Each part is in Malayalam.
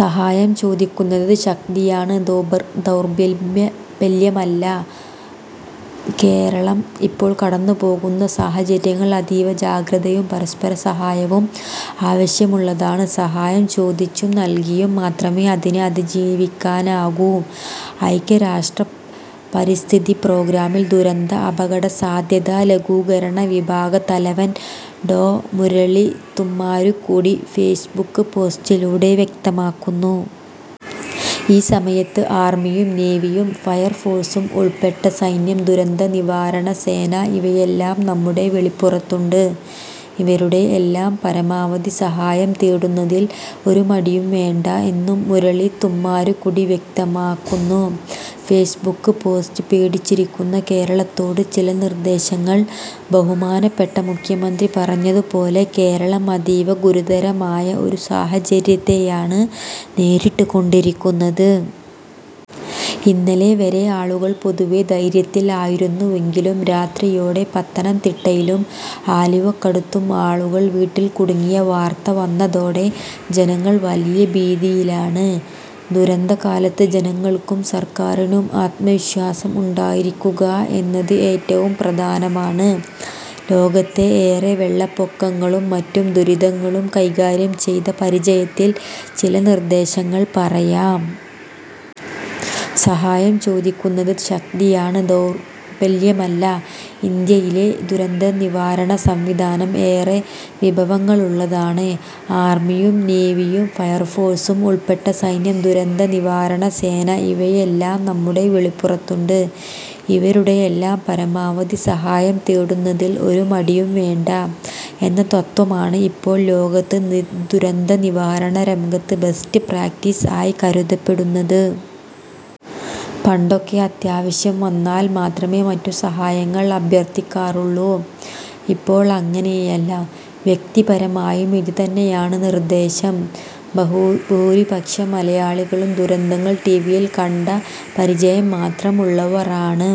സഹായം ചോദിക്കുന്നത് ശക്തിയാണ് ദൗർഭ ദൗർഭഭ്യാ ദൗർബല്യമല്ല. കേരളം ഇപ്പോള്‍ കടന്നുപോകുന്ന സാഹചര്യങ്ങള്‍ അതീവ ജാഗ്രതയും, പരസ്പര സഹായവും ആവശ്യമുള്ളതാണ്. സഹായം ചോദിച്ചും നല്കിയും മാത്രമേ അതിനെ അതിജീവിക്കാനാകൂ. ഐക്യരാഷ്ട്ര പരിസ്ഥിതി പ്രോഗ്രാമിൽ ദുരന്ത അപകടസാധ്യതാ ലഘൂകരണ വിഭാഗ തലവൻ ഡോ. മുരളി തുമ്മാരുകുടി ഫേസ്ബുക്ക് പോസ്റ്റിലൂടെ വ്യക്തമാക്കുന്നു. ഈ സമയത്ത് ആർമിയും നേവിയും എയർഫോഴ്സും ഉൾപ്പെട്ട സൈന്യം, ദുരന്തനിവാരണ സേന ഇവയെല്ലാം നമ്മുടെ വെളിപ്പുറത്തുണ്ട്. ഇവരുടെ എല്ലാം പരമാവധി സഹായം തേടുന്നതിൽ ഒരു മടിയും വേണ്ട എന്നും മുരളി തുമ്മാരുക്കുടി വ്യക്തമാക്കുന്നു. ഫേസ്ബുക്ക് പോസ്റ്റ്: പേടിച്ചിരിക്കുന്ന കേരളത്തോട് ചില നിർദ്ദേശങ്ങൾ ബഹുമാനപ്പെട്ട മുഖ്യമന്ത്രി പറഞ്ഞതുപോലെ കേരളം അതീവ ഗുരുതരമായ ഒരു സാഹചര്യത്തെയാണ് നേരിട്ട് കൊണ്ടിരിക്കുന്നത്. ഇന്നലെവരെ ആളുകൾ പൊതുവെ ധൈര്യത്തിൽ ആയിരുന്നുവെങ്കിലും രാത്രിയോടെ പത്തനംതിട്ടയിലും ആലുവക്കടുത്തും ആളുകൾ വീട്ടിൽ കുടുങ്ങിയ വാർത്ത വന്നതോടെ ജനങ്ങൾ വലിയ ഭീതിയിലാണ്. ദുരന്തകാലത്ത് ജനങ്ങൾക്കും സർക്കാരിനും ആത്മവിശ്വാസം ഉണ്ടായിരിക്കുക എന്നത് ഏറ്റവും പ്രധാനമാണ്. ലോകത്തെ ഏറെ വെള്ളപ്പൊക്കങ്ങളും മറ്റു ദുരിതങ്ങളും കൈകാര്യം ചെയ്ത പരിചയത്തിൽ ചില നിർദ്ദേശങ്ങൾ പറയാം. സഹായം ചോദിക്കുന്നത് ശക്തിയാണ്, ദൗർബല്യമല്ല: ഇന്ത്യയിലെ ദുരന്തനിവാരണ സംവിധാനം ഏറെ വിഭവങ്ങളുള്ളതാണ്. ആർമിയും നേവിയും ഫയർഫോഴ്സും ഉൾപ്പെട്ട സൈന്യം, ദുരന്തനിവാരണ സേന ഇവയെല്ലാം നമ്മുടെ വിളിപ്പുറത്തുണ്ട്. ഇവരുടെ എല്ലാം പരമാവധി സഹായം തേടുന്നതിൽ ഒരു മടിയും വേണ്ട. '' എന്ന തത്വമാണ് ഇപ്പോൾ ലോകത്ത് നി ദുരന്തനിവാരണ രംഗത്ത് ബെസ്റ്റ് പ്രാക്ടീസ് ആയി കരുതപ്പെടുന്നത്. പണ്ടൊക്കെ അത്യാവശ്യം വന്നാൽ മാത്രമേ മറ്റു സഹായങ്ങൾ അഭ്യർത്ഥിക്കാറുള്ളു. ഇപ്പോൾ അങ്ങനെയല്ല. വ്യക്തിപരമായും ഇത് തന്നെയാണ് നിർദ്ദേശം. ബഹുഭൂരിപക്ഷം മലയാളികളും ദുരന്തങ്ങൾ ടി. വിയിൽ കണ്ട പരിചയം മാത്രം ഉള്ളവർ ആണ്.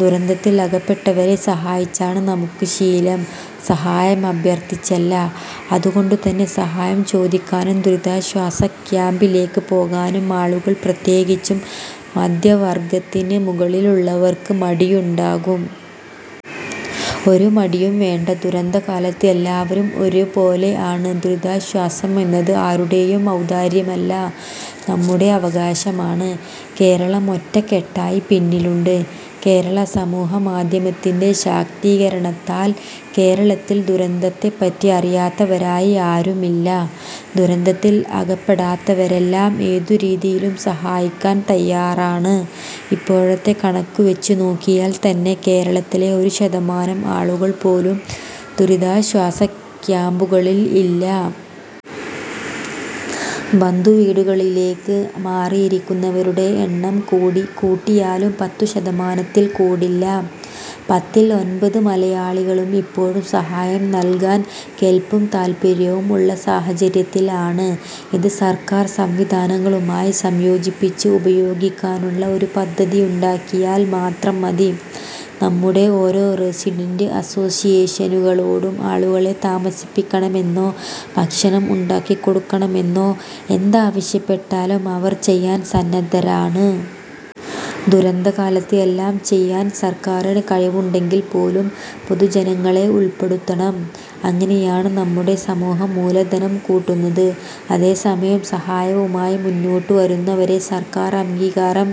ദുരന്തത്തിൽ അകപ്പെട്ടവരെ സഹായിച്ചാണ് നമുക്ക് ശീലം, സഹായം അഭ്യർത്ഥിച്ചല്ല. അതുകൊണ്ടു തന്നെ സഹായം ചോദിക്കാനും ദുരിതാശ്വാസ ക്യാംപിലേക്ക് പോകാനും ആളുകൾ പ്രത്യേകിച്ചും മധ്യവർഗ്ഗത്തിന് മുകളിൽ ഉള്ളവർക്ക് മടിയുണ്ടാകും. ഒരു മടിയും വേണ്ട. ദുരന്തകാലത്ത് എല്ലാവരും ഒരു പോലെ ആണ്. ദുരിതാശ്വാസം എന്നത് ആരുടേയും ഔദാര്യമല്ല, നമ്മുടെ അവകാശമാണ്. കേരളം ഒറ്റക്കെട്ടായി പിന്നിലുണ്ട്: കേരളസമൂഹ മാധ്യമത്തിന്‍റെ ശാക്തീകരണത്താൽ കേരളത്തിൽ ദുരന്തത്തെപ്പറ്റി അറിയാത്തവരായി ആരുമില്ല. ദുരന്തത്തിൽ അകപ്പെടാത്തവരെല്ലാം ഏതു രീതിയിലും സഹായിക്കാൻ തയ്യാറാണ്. ഇപ്പോഴത്തെ കണക്കു വച്ച് നോക്കിയാൽ തന്നെ കേരളത്തിലെ ഒരു ശതമാനം ആളുകൾ പോലും ദുരിതാശ്വാസ ക്യാംപുകളിൽ ഇല്ല. ബന്ധുവീടുകളിലേക്ക് മാറിയിരിക്കുന്നവരുടെ എണ്ണം കൂടി കൂട്ടിയാലും പത്തു ശതമാനത്തിൽ കൂടില്ല. പത്തിൽ ഒൻപത് മലയാളികളും ഇപ്പോഴും സഹായം നല്കാൻ കെല്പും താല്പര്യവും ഉള്ള സാഹചര്യത്തിൽ ആണ്. ഇത് സർക്കാർ സംവിധാനങ്ങളുമായി സംയോജിപ്പിച്ച് ഉപയോഗിക്കാനുള്ള ഒരു പദ്ധതിയുണ്ടാക്കിയാൽ മാത്രം മതി. നമ്മുടെ ഓരോ റസിഡന്‍റ് അസ്സോസ്സിയേഷനുകളോടും ആളുകളെ താമസിപ്പിക്കണമെന്നോ ഭക്ഷണം ഉണ്ടാക്കിക്കൊടുക്കണമെന്നോ എന്താവശ്യപ്പെട്ടാലും അവർ ചെയ്യാൻ സന്നദ്ധരാണ്. ദുരന്തകാലത്ത് എല്ലാം ചെയ്യാൻ സർക്കാരിന് കഴിവുണ്ടെങ്കിൽ പോലും പൊതുജനങ്ങളെ ഉൾപ്പെടുത്തണം. അങ്ങനെയാണ് നമ്മുടെ സമൂഹ മൂലധനം കൂട്ടൂന്നത്. അതേ സമയം സഹായവുമായി മുന്നോട്ടു വരുന്നവരെ സർക്കാർ അംഗീകാരം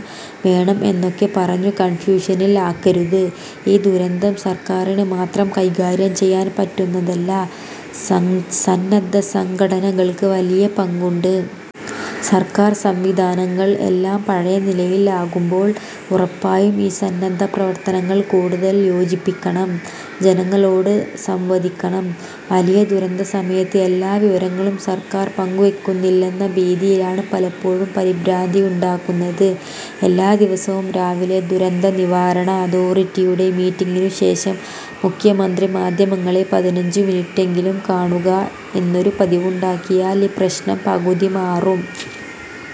വേണം എന്നൊക്കെ പറഞ്ഞു കൺഫ്യൂഷനിൽ ആക്കരുത്. ഈ ദുരന്തം സർക്കാരിന് മാത്രം കൈകാര്യം ചെയ്യാൻ പറ്റുന്നതല്ല, സ സന്നദ്ധ സംഘടനകൾക്ക് വലിയ പങ്കുണ്ട്. സർക്കാർ സംവിധാനങ്ങൾ എല്ലാം പഴയ നിലയിൽ ആകുമ്പോൾ ഉറപ്പായും ഈ സന്നദ്ധ പ്രവർത്തനങ്ങൾ കൂടുതൽ യോജിപ്പിക്കണം. ജനങ്ങളോട് സംവദിക്കണം: വലിയ ദുരന്തസമയത്ത് എല്ലാ വിവരങ്ങളും സർക്കാർ പങ്കുവെക്കുന്നില്ലെന്ന ഭീതിയാണ് പലപ്പോഴും പരിഭ്രാന്തിയുണ്ടാക്കുന്നത്. എല്ലാ ദിവസവും രാവിലെ ദുരന്തനിവാരണ അതോറിറ്റിയുടെ മീറ്റിങ്ങിനു ശേഷം മുഖ്യമന്ത്രി മാധ്യമങ്ങളെ പതിനഞ്ചു മിനുട്ടെങ്കിലും കാണുക എന്നൊരു പതിവുണ്ടാക്കിയാൽ ഈ പ്രശ്നം പകുതി മാറും.